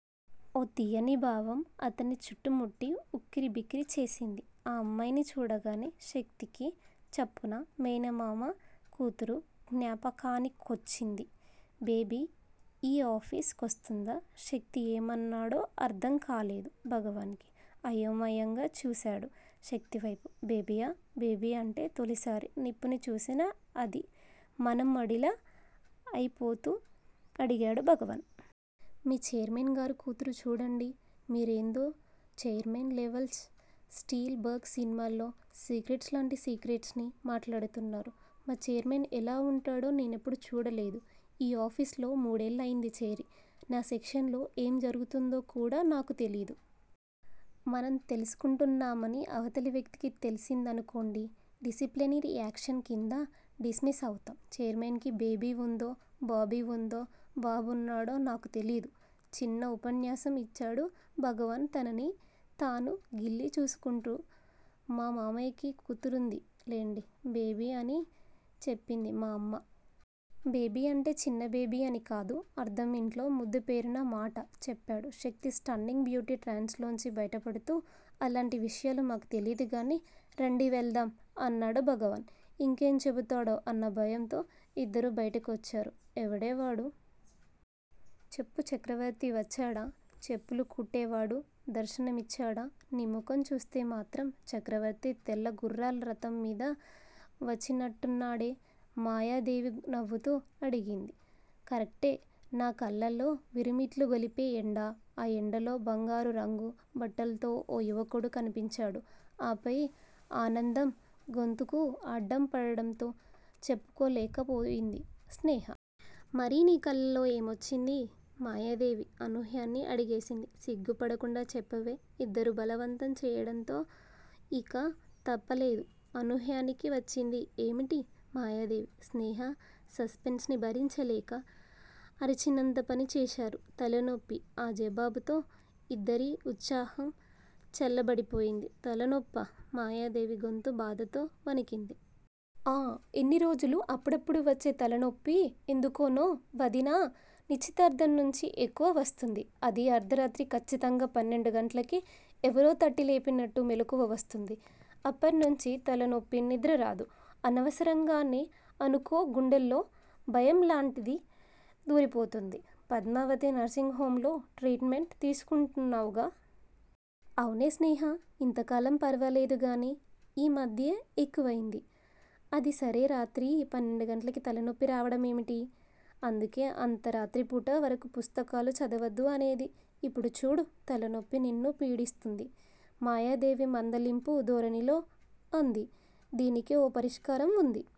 ఓ తియ్యని భావం అతన్ని చుట్టుముట్టి ఉక్కిరిబిక్కిరి చేసింది. ఆ అమ్మాయిని చూడగానే శక్తికి చప్పున మేనమామ కూతురు జ్ఞాపకానికొచ్చింది. బేబీ ఈ ఆఫీసు కొస్తుందా శక్తి ఏమన్నాడో అర్థం కాలేదు భగవాన్ కి. అయోమయంగా చూసాడు శక్తివైపు. బేబీయా బేబీ అంటే తొలిసారి నిప్పుని చూసిన ఆది మనమడిలా అయిపోతూ అడిగాడు భగవాన్. మీ ఛైర్మన్ గారి కూతురు చూడండి- మీరేందో ఛైర్మన్ లెవల్స్ స్టిల్ బర్గ్ సినిమాల్లో, సీక్రెట్స్ లాంటి సీక్రెట్సనీ మాట్లాడుతున్నారు. మా ఛైర్మన్ ఎలా ఉంటాడో నేనెప్పుడూ చూడలేదు- ఈ ఆఫీసులో మూడేళ్ళయ్యింది చేరి. నా సెక్షన్ లో ఏం జరుగుతుందో కూడా నాకు తెలీదు. మనం తెలుసుకుంటున్నామని, అవతలి వ్యక్తికి తెల్సిందనుకోండి- డిసిప్లినరీ యాక్షన్ కింద, డిస్మిస్ అవుతాం. ఛైర్మన్ కి బేబీ ఉందో బాబీ ఉందో, బాబున్నాడో నాకు తెలీదు చిన్న ఉపన్యాసం ఇచ్చాడు భగవాన్ తనని తాను గిల్లి చూసుకుంటూ. మా మామయ్యకి కూతురుంది లెండి. బేబీ అని చెప్పింది మా అమ్మ. బేబీ అంటే చిన్న బేబీ అని కాదు అర్థం ఇంట్లో ముద్దు పేరన్న మాట చెప్పాడు శక్తి స్టన్నింగ్ బ్యూటీ ట్రాన్స్ లోంచి బయటపడుతూ. అలాంటి విషయాలు మాకు తెలీదుగానీ- రండి వెళదాం అన్నాడు భగవాన్ ఇంకేం చెబుతాడో అన్న భయంతో. ఇద్దరూ బయటికొచ్చారు. ఎవడే వాడు? చెప్పు- చక్రవర్తి వచ్చాడా? చెప్పులు కుట్టేవాడు దర్శనమిచ్చాడా? నీ ముఖం చూస్తే మాత్రం చక్రవర్తే తెల్లగుర్రాల రథం మీద వచ్చినట్టున్నాడే మాయాదేవి నవ్వుతూ అడిగింది. కరెక్టే- నా కల్లల్లో మిరుమిట్లు గొలిపే ఎండ, ఆ ఎండలో బంగారు రంగు బట్టలతో ఓ యువకుడు కనిపించాడు ఆపై ఆనందం గొంతుకు అడ్డం పడడంతో చెప్పకోలేకపోయింది స్నేహ. మరి నీ కల్లలో ఏమొచ్చింది? మాయాదేవి అనూహ్యని అడిగేసింది. సిగ్గుపడకుండా చెప్పవే ఇద్దరూ బలవంతం చేయడంతో ఇక తప్పలేదు అనూహ్యనికి. వచ్చింది ఏమిటి? మాయాదేవి స్నేహ సస్పెన్స్ ని భరించలేక అరిచినంత పనిచేశారు. తలనొప్పి ఆ జవాబుతో ఇద్దరి ఉత్సాహం చల్లబడిపోయింది. తలనొప్పా? మాయాదేవి గొంతు బాధతో వణికింది. ఆ- ఇన్నిరోజులు అప్పుడప్పుడు వచ్చే తలనొప్పి ఎందుకనో వదినా నిశ్చితార్థం నుంచి ఎక్కువ వస్తోంది. అదీ అర్థరాత్రి ఖచ్చితంగా పన్నెండు గంటలకి. ఎవరో తట్టిలేపినట్టు మెలకువ వస్తోంది, అప్పట్నించీ తలనొప్పి, నిద్రరాదు. అనవసరంగానే అనుకో గుండెల్లో భయంలాంటిది దూరిపోతోంది పద్మావతి నర్శింగ్ హోమ్ లో ట్రీట్ మెంట్ తీసుకుంటున్నావుగా! అవునే స్నేహా. ఇంతకాలం ఫరవాలేదుగానీ ఈ మధ్యే ఎక్కువైంది. అది సరే- రాత్రి పన్నెండుగంటలకి తలనొప్పి రావడమేమిటి? అందుకే అంత రాత్రిపూట వరకు పుస్తకాలు చదవద్దు అనేది. ఇప్పుడు చూడు తలనొప్పి నిన్ను పీడిస్తోంది మాయాదేవి మందలింపు ధోరణిలో అంది. దీనికి ఓ పరిష్కారం వుంది.